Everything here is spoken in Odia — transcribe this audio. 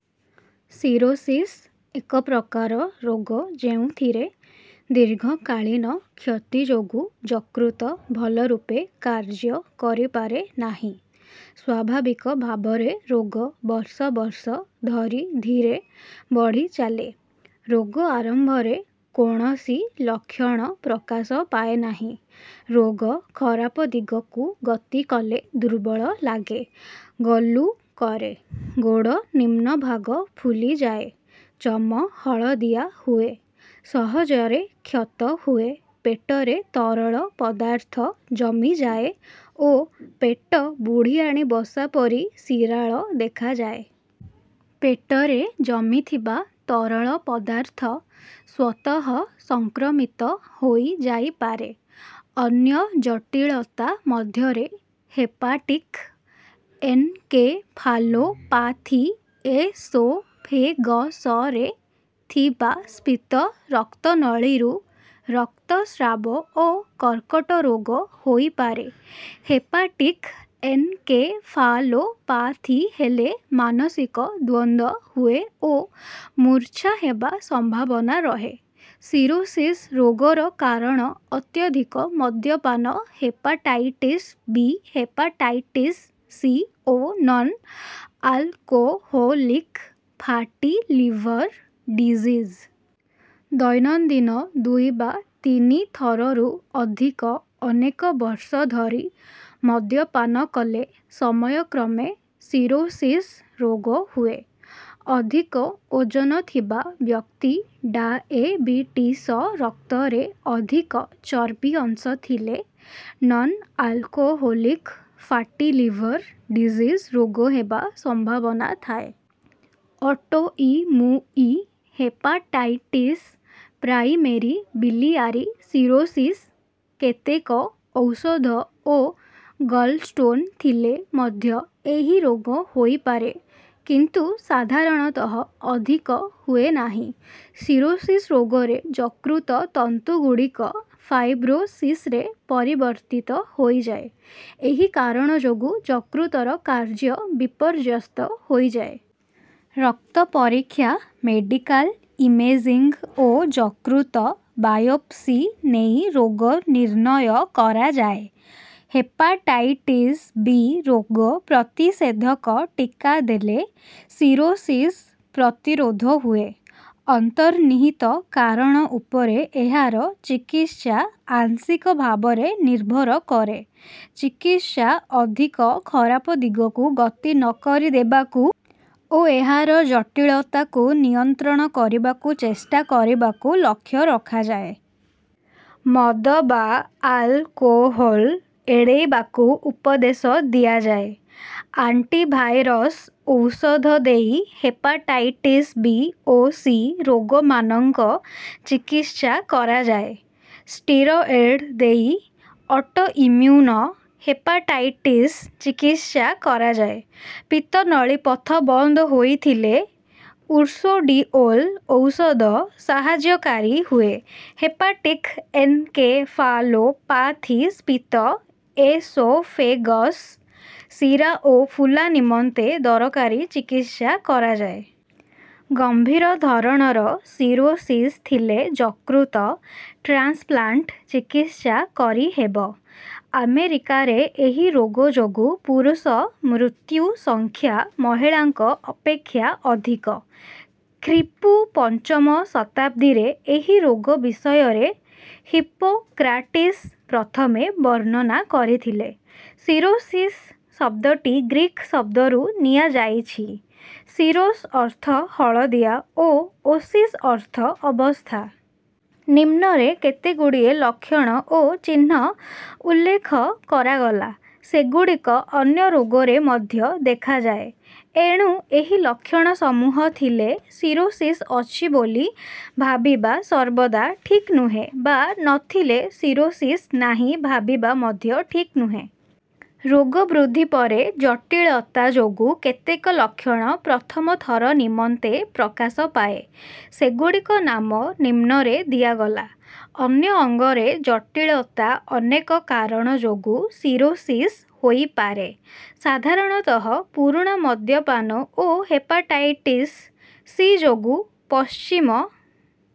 ସିରୋସିସ୍ ଏକ ପ୍ରକାର ରୋଗ ଯେଉଁଥିରେ ଦୀର୍ଘକାଳୀନ କ୍ଷତି ଯୋଗୁ ଯକୃତ ଭଲ ରୂପେ କାର୍ଯ୍ୟ କରିପାରେ ନାହିଁ। ସ୍ୱାଭାବିକ ଭାବରେ ରୋଗ ବର୍ଷ ବର୍ଷ ଧରି ଧୀରେ ବଢ଼ିଚାଲେ। ରୋଗ ଆରମ୍ଭରେ କୋଣସି ଲକ୍ଷଣ ପ୍ରକାଶ ପାଏନାହିଁ। ରୋଗ ଖରାପ ଦିଗକୁ ଗତି କଲେ ଦୁର୍ବଳ ଲାଗେ ଗଲୁ କରେ ଗୋଡ଼ ନିମ୍ନଭାଗ ଫୁଲିଯାଏ ଚମ ହଳଦିଆ ହୁଏ ସହଜରେ କ୍ଷତ ହୁଏ ପେଟରେ ତରଳ ପଦାର୍ଥ ଜମିଯାଏ ଓ ପେଟ ବୁଢ଼ିଆଣି ବସା ପରି ଶିରାଳ ଦେଖାଯାଏ। ପେଟରେ ଜମିଥିବା ତରଳ ପଦାର୍ଥ ସ୍ୱତଃ ସଂକ୍ରମିତ ହୋଇଯାଇପାରେ। ଅନ୍ୟ ଜଟିଳତା ମଧ୍ୟରେ ହେପାଟିକ ଏନକେଫାଲୋପାଥି ଏସୋଫେଗସରେ ଥିବା ସ୍ଫିତ ରକ୍ତନଳୀରୁ ରକ୍ତସ୍ରାବ ଓ କର୍କଟ ରୋଗ ହୋଇପାରେ। ହେପାଟିକ ଏନକେଫାଲୋପାଥି ହେଲେ ମାନସିକ ଦ୍ୱନ୍ଦ ହୁଏ ଓ ମୂର୍ଚ୍ଛା ହେବା ସମ୍ଭାବନା ରହେ। ସିରୋସିସ୍ ରୋଗର କାରଣ ଅତ୍ୟଧିକ ମଦ୍ୟପାନ ହେପାଟାଇଟିସ ବି ହେପାଟାଇଟିସ ସି ଓ non alcoholic fatty liver disease. ଦୈନନ୍ଦିନ ଦୁଇ ବା ତିନି ଥରରୁ ଅଧିକ ଅନେକ ବର୍ଷ ଧରି ମଦ୍ୟପାନ କଲେ ସମୟକ୍ରମେ ସିରୋସିସ୍ ରୋଗ ହୁଏ। ଅଧିକ ଓଜନ ଥିବା ବ୍ୟକ୍ତି ଡାଏବିଟିସ ରକ୍ତରେ ଅଧିକ ଚର୍ବି ଅଂଶଥିଲେ non alcoholic fatty liver disease ରୋଗ ହେବା ସମ୍ଭାବନା ଥାଏ। Autoimmune hepatitis primary biliary cirrhosis କେତେକ ଔଷଧ ଓ ଗଲସ୍ଟୋନ ଥିଲେ ମଧ୍ୟ ଏହି ରୋଗ ହୋଇପାରେ କିନ୍ତୁ ସାଧାରଣତଃ ଅଧିକ ହୁଏ ନାହିଁ। ସିରୋସିସ୍ ରୋଗରେ ଯକୃତ ତନ୍ତୁଗୁଡ଼ିକ ଫାଇବ୍ରୋସିସରେ ପରିବର୍ତ୍ତିତ ହୋଇଯାଏ। ଏହି କାରଣ ଯୋଗୁ ଯକୃତର କାର୍ଯ୍ୟ ବିପର୍ଯ୍ୟସ୍ତ ହୋଇଯାଏ। ରକ୍ତ ପରୀକ୍ଷା ମେଡିକାଲ ଇମେଜିଙ୍ଗ ଓ ଯକୃତ ବାୟୋପ୍ସି ନେଇ ରୋଗ ନିର୍ଣ୍ଣୟ କରାଯାଏ। ହେପାଟାଇଟିସ ବି ରୋଗ ପ୍ରତିଷେଧକ ଟିକା ଦେଲେ ସିରୋସିସ ପ୍ରତିରୋଧ ହୁଏ। ଅନ୍ତର୍ନିହିତ କାରଣ ଉପରେ ଏହାର ଚିକିତ୍ସା ଆଂଶିକ ଭାବରେ ନିର୍ଭର କରେ। ଚିକିତ୍ସା ଅଧିକ ଖରାପ ଦିଗକୁ ଗତି ନ କରି ଦେବାକୁ ଓ ଏହାର ଜଟିଳତାକୁ ନିୟନ୍ତ୍ରଣ କରିବାକୁ ଚେଷ୍ଟା କରିବାକୁ ଲକ୍ଷ ରଖାଯାଏ। ମଦ ବା ଆଲକୋହୋଲ ଏଡ଼େଇବାକୁ ଉପଦେଶ ଦିଆଯାଏ। ଆଣ୍ଟିଭାଇରସ ଔଷଧ ଦେଇ ହେପାଟାଇଟିସ ବି ଓ ସି ରୋଗମାନଙ୍କ ଚିକିତ୍ସା କରାଯାଏ। ସ୍ଟିରଏଡ ଦେଇ ଅଟୋଇମ୍ମ୍ୟୁନ ହେପାଟାଇଟିସ ଚିକିତ୍ସା କରାଯାଏ। ପିତ୍ତନଳୀ ପଥ ବନ୍ଦ ହୋଇଥିଲେ ଉର୍ସୋଡିଓଲ ଔଷଧ ସାହାଯ୍ୟକାରୀ ହୁଏ। ହେପାଟିକ ଏନକେଫାଲୋପାଥି ସ୍ଫିତ ଏସୋଫେଗସ ଶିରା ଓ ଫୁଲା ନିମନ୍ତେ ଦରକାରୀ ଚିକିତ୍ସା କରାଯାଏ। ଗମ୍ଭୀର ଧରଣର ସିରୋସିସ୍ ଥିଲେ ଯକୃତ ଟ୍ରାନ୍ସପ୍ଲାଣ୍ଟ ଚିକିତ୍ସା କରିହେବ। ଆମେରିକାରେ ଏହି ରୋଗ ଯୋଗୁ ପୁରୁଷ ମୃତ୍ୟୁ ସଂଖ୍ୟା ମହିଳାଙ୍କ ଅପେକ୍ଷା ଅଧିକ। ଖ୍ରୀପୂ ପଞ୍ଚମ ଶତାବ୍ଦୀରେ ଏହି ରୋଗ ବିଷୟରେ ହିପୋକ୍ରାଟିସ ପ୍ରଥମେ ବର୍ଣ୍ଣନା କରିଥିଲେ। ସିରୋସିସ ଶବ୍ଦଟି ଗ୍ରୀକ ଶବ୍ଦରୁ ନିଆଯାଇଛିସିରୋସ ଅର୍ଥ ହଳଦିଆ ଓ ଓସିସ ଅର୍ଥ ଅବସ୍ଥା। ନିମ୍ନରେ କେତେଗୁଡିଏ ଲକ୍ଷଣ ଓ ଚିହ୍ନ ଉଲ୍ଲେଖ କରାଗଲା। ସେଗୁଡିକ ଅନ୍ୟ ରୋଗରେ ମଧ୍ୟ ଦେଖାଯାଏ। ଏଣୁ ଏହି ଲକ୍ଷଣ ସମୂହ ଥିଲେ ସିରୋସିସ୍ ଅଛି ବୋଲି ଭାବିବା ସର୍ବଦା ଠିକ୍ ନୁହେଁ ବା ନ ଥିଲେ ସିରୋସିସ୍ ନାହିଁ ଭାବିବା ମଧ୍ୟ ଠିକ ନୁହେଁ। ରୋଗ ବୃଦ୍ଧି ପରେ ଜଟୀଳତା ଯୋଗୁ କେତେକ ଲକ୍ଷଣ ପ୍ରଥମ ଥର ନିମନ୍ତେ ପ୍ରକାଶ ପାଏ। ସେଗୁଡିକ ନାମ ନିମ୍ନରେ ଦିଆଗଲା। ଅନ୍ୟ ଅଙ୍ଗରେ ଜଟୀଳତା ଅନେକ କାରଣ ଯୋଗୁ ସିରୋସିସ୍ ହୋଇପାରେ। ସାଧାରଣତଃ ପୁରୁଣା ମଦ୍ୟପାନ ଓ ହେପାଟାଇଟିସ୍ ସି ଯୋଗୁ ପଶ୍ଚିମ